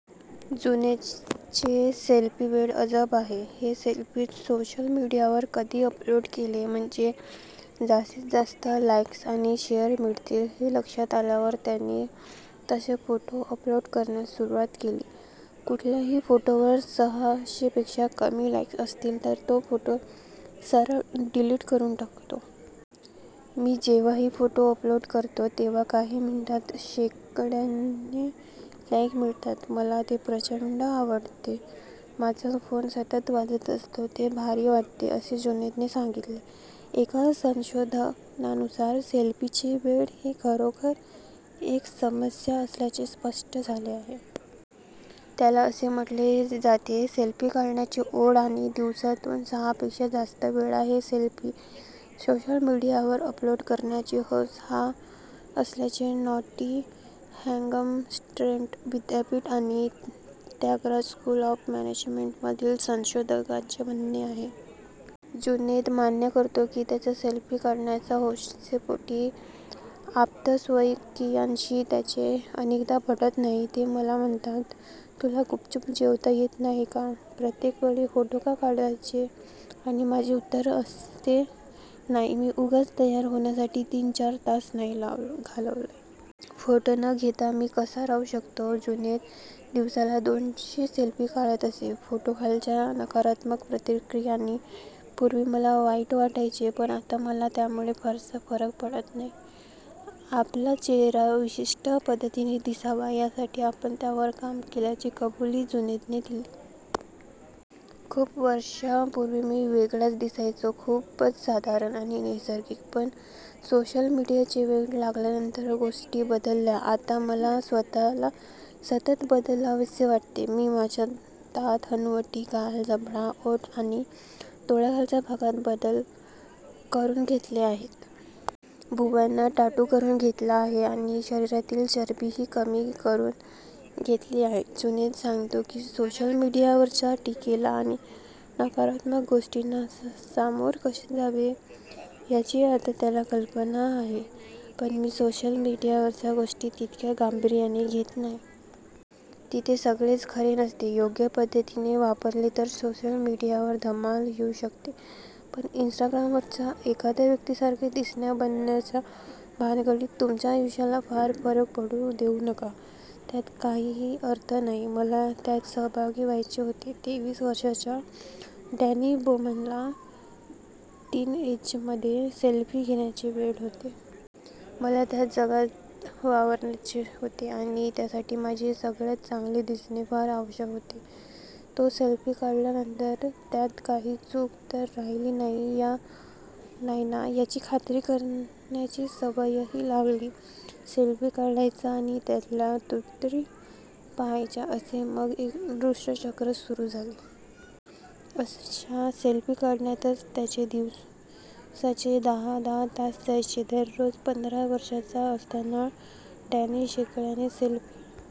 जुनैदचे सेल्फीवेड अजब आहे. हे सेल्फी सोशल मीडियावर कधी अपलोड केले म्हणजे जास्तीतजास्त लाइक्स आणि शेअर मिळतील, हे लक्षात आल्यावर त्याने तसे फोटो अपलोड करण्यास सुरुवात केली. कुठल्याही फोटोवर सहाशेपेक्षा कमी लाइक्स असतील तर तो फोटो सरळ डिलीट करून टाकतो. "मी जेव्हाही फोटो अपलोड करतो तेव्हा काही मिनिटांत शेकड्याने लाइक्स मिळतात. मला ते प्रचंड आवडते. माझा फोन सतत वाजत असतो. ते भारी वाटते," असे जुनैदने सांगितले. एका संशोधनानुसार सेल्फीचे वेड ही खरोखरच एक समस्या असल्याचे स्पष्ट झाले आहे. त्याला असे म्हटले जाते. सेल्फी काढण्याची ओढ आणि दिवसातून सहापेक्षा जास्त वेळा हे सेल्फी सोशल मीडियावर अपलोड करण्याची हौस हा '' असल्याचे नॉटिंगहॅम ट्रेंट विद्यापीठ आणि त्यागराज स्कूल ऑफ मॅनेजमेंटमधील संशोधकांचे म्हणणे आहे. जुनैद मान्य करतो की त्याच्या सेल्फी काढण्याच्या हौसेपोटी आप्तस्वकीयांशी त्याचे अनेकदा पटत नाही. "ते मला म्हणतात, 'तुला गुपचुप जेवता येत नाही का? प्रत्येक वेळी फोटो का काढायचे?'" "आणि माझे उत्तर असते 'नाही. मी उगाच तयार होण्यासाठी तीन-चार तास नाही घालवले.' फोटो न घेता मी कसा राहू शकतो?" जुनैद दिवसाला दोनशे सेल्फी काढत असे. फोटोखालच्या नकारात्मक प्रतिक्रियांनी पूर्वी मला वाईट वाटायचे. पण आता मला त्यामुळे फारसा फरक पडत नाही. आपला चेहरा विशिष्ट पद्धतीने दिसावा, यासाठी आपण त्यावर काम केल्याची कबुली जुनैदने दिली. "खूप वर्षांपूर्वी मी वेगळाच दिसायचो, खूपच साधारण आणि नैसर्गिक. पण सोशल मीडियाचे वेड लागल्यानंतर गोष्टी बदलल्या. आता मला स्वतःला सतत बदलावेसे वाटते." "मी माझ्या दात, हनुवटी, गाल, जबडा, ओठ आणि डोळ्यांखालच्या भागात बदल करून घेतले आहेत. भुवयांना टॅटू करून घेतला आहे आणि शरीरातली चरबीही कमी करून घेतली आहे." जुनैद सांगतो की सोशल मीडियावरच्या टीकेला आणि नकारात्मक गोष्टींना सामोर कसे जावे, याची आता त्याला कल्पना आहे. "पण मी सोशल मीडियावरच्या गोष्टी तितक्या गांभीर्याने घेत नाही. तिथे सगळेच खरे नसते." "योग्य पद्धतीने वापरले तर सोशल मीडियावर धमाल येऊ शकते. पण इन्स्टाग्रामवरच्या एखाद्या व्यक्तीसारखे दिसण्या-बनण्याच्या भानगडीत तुमच्या आयुष्याला फार फरक पडू देऊ नका. त्यात काहीही अर्थ नाही." मला त्यात सहभागी व्हायचे होते - तेवीस वर्षांच्या डॅनी बोमनला टीनएजमध्ये सेल्फी घेण्याचे वेड होते. "मला त्या जगात वावरायचे होते. आणि त्यासाठी माझे सगळ्यांत चांगले दिसणे फार आवश्यक होते." तो सेल्फी काढल्यानंतर त्यात काही चूक तर राहिली नाहीये ना, याची खात्री करण्याची सवयही लागली. सेल्फी काढायचा आणि त्यातल्या त्रुटी पाहायच्या, असे मग एक दुष्टचक्रच सुरू झाले. अशा सेल्फी काढण्यातच त्याचे दिवसाचे दहा-दहा तास जायचे, दररोज! पंधरा वर्षांचा असताना डॅनी शेकड्याने सेल्फी